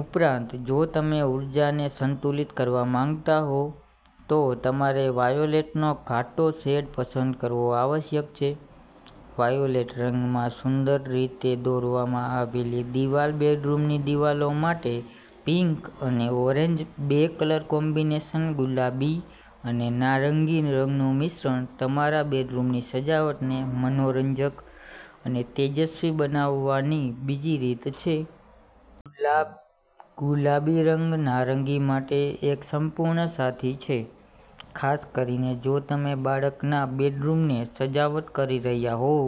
ઉપરાંત, જો તમે ઊર્જાને સંતુલિત કરવા માંગતા હો, તો તમારે વાયોલેટનો ઘાટો શેડ પસંદ કરવો આવશ્યક છે. વાયોલેટ રંગમાં સુંદર રીતે દોરવામાં આવેલી દિવાલબેડરૂમની દિવાલો માટે પિંક અને ઓરેન્જ બે કલર કોમ્બિનેશન ગુલાબી અને નારંગી રંગનું મિશ્રણતમારા બેડરૂમની સજાવટને મનોરંજક અને તેજસ્વી બનાવવાની બીજી રીત છે. ગુલાબી રંગ નારંગી માટે એક સંપૂર્ણ સાથી છે, ખાસ કરીને જો તમે બાળકના બેડરૂમને સજાવટ કરી રહ્યાં હોવ.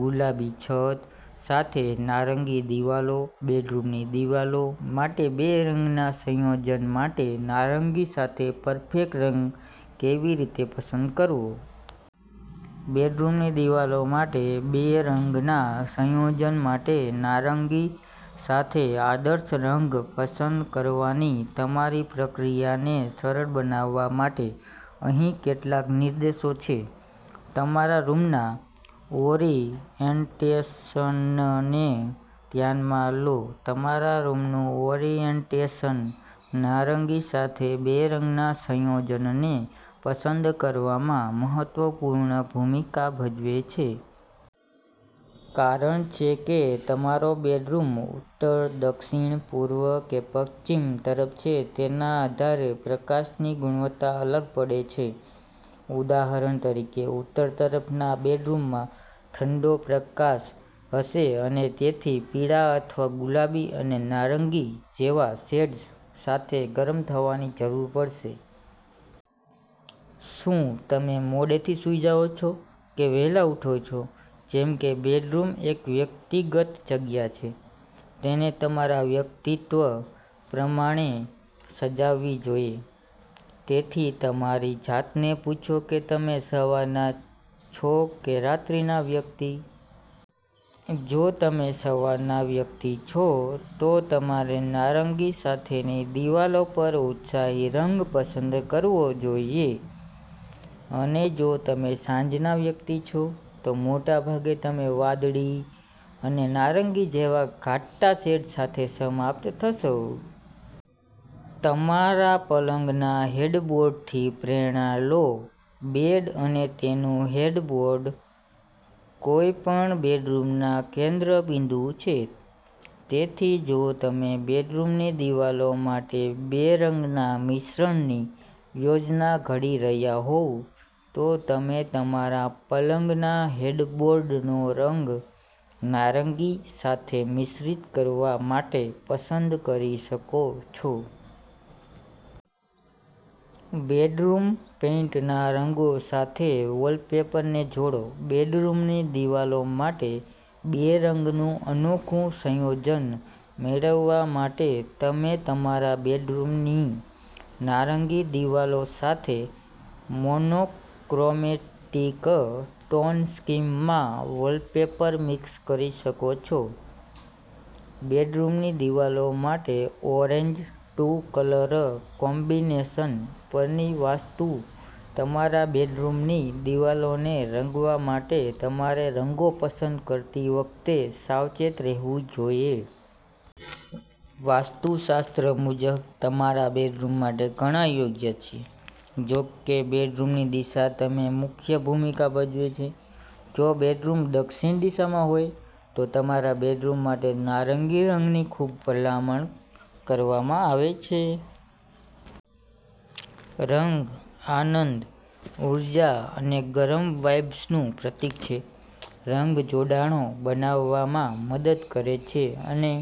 ગુલાબી છત સાથે નારંગી દિવાલો બેડરૂમની દિવાલો માટે બે રંગના સંયોજન માટે નારંગી સાથે પરફેક્ટ રંગ કેવી રીતે પસંદ કરવો? બેડરૂમની દિવાલો માટે બે રંગના સંયોજન માટે નારંગી સાથે આદર્શ રંગ પસંદ કરવાની તમારી પ્રક્રિયાને સરળ બનાવવા માટે, અહીં કેટલાક નિર્દેશો છે. તમારા રૂમના ઓરિએન્ટેશનને ધ્યાનમાં લો તમારા રૂમનું ઓરિએન્ટેશન નારંગી સાથે બે રંગના સંયોજનને પસંદ કરવામાં મહત્વપૂર્ણ ભૂમિકા ભજવે છે. કારણછે કે તમારો બેડરૂમ ઉત્તર, દક્ષિણ, પૂર્વ કે પશ્ચિમ તરફ છે તેના આધારે પ્રકાશની ગુણવત્તા અલગ પડે છે. ઉદાહરણ તરીકે, ઉત્તર તરફના બેડરૂમમાં ઠંડો પ્રકાશ હશે અને તેથી, પીળા અથવા ગુલાબી અને નારંગી જેવા શેડ્સ સાથે ગરમ થવાની જરૂર પડશે. શું તમે મોડેથી સૂઈ જાઓ છો કે વહેલા ઉઠો છો? જેમ કે બેડરૂમ એક વ્યક્તિગત જગ્યા છે, તેને તમારા વ્યક્તિત્વ પ્રમાણે સજાવવી જોઈએ. તેથી, તમારી જાતને પૂછો કે તમે સવારના છો કે રાત્રિના વ્યક્તિ. જો તમે સવારના વ્યક્તિ છો, તો તમારે નારંગી સાથેની દિવાલો પર ઉત્સાહી રંગ પસંદ કરવો જોઈએ, અને જો તમે સાંજના વ્યક્તિ છો, તો મોટા ભાગે તમે વાદળી અને નારંગી જેવા ઘાટા શેડ સાથે સમાપ્ત થશો. તમારા પલંગના હેડબોર્ડથી પ્રેરણા લો બેડ અને તેનું હેડબોર્ડ કોઈપણ બેડરૂમના કેન્દ્રબિંદુ છે. તેથી, જો તમે બેડરૂમની દિવાલો માટે બે રંગના મિશ્રણની યોજના ઘડી રહ્યા હોવ, તો તમે તમારા પલંગના હેડબોર્ડનો રંગ નારંગી સાથે મિશ્રિત કરવા માટે પસંદ કરી શકો છો. બેડરૂમ પેઈન્ટના રંગો સાથે વોલપેપરને જોડો બેડરૂમની દિવાલો માટે બે રંગનું અનોખું સંયોજન મેળવવા માટે, તમે તમારા બેડરૂમની નારંગી દિવાલો સાથે મોનોક્રોમેટિક ટોન સ્કીમ માં વૉલપેપર મિક્સ કરી શકો છો. બેડરૂમની દિવાલો માટે ઓરેન્જ ટુ કલર કોમ્બિનેશન પરની વાસ્તુ તમારા બેડરૂમની દિવાલોને રંગવા માટે, તમારે રંગો પસંદ કરતી વખતે સાવચેત રહેવું જોઈએ. વાસ્તુશાસ્ત્ર મુજબ, તમારા બેડરૂમ માટે ઘણા યોગ્ય છે. જો કે, બેડરૂમની દિશા તેમાં મુખ્ય ભૂમિકા ભજવે છે. જો બેડરૂમ દક્ષિણ દિશામાં હોય તો તમારા બેડરૂમ માટે નારંગી રંગની ખૂબ ભલામણ કરવામાં આવે છે. રંગ આનંદ, ઉર્જા અને ગરમ વાઇબ્સનું પ્રતીક છે. રંગ જોડાણો બનાવવામાં મદદ કરે છે અને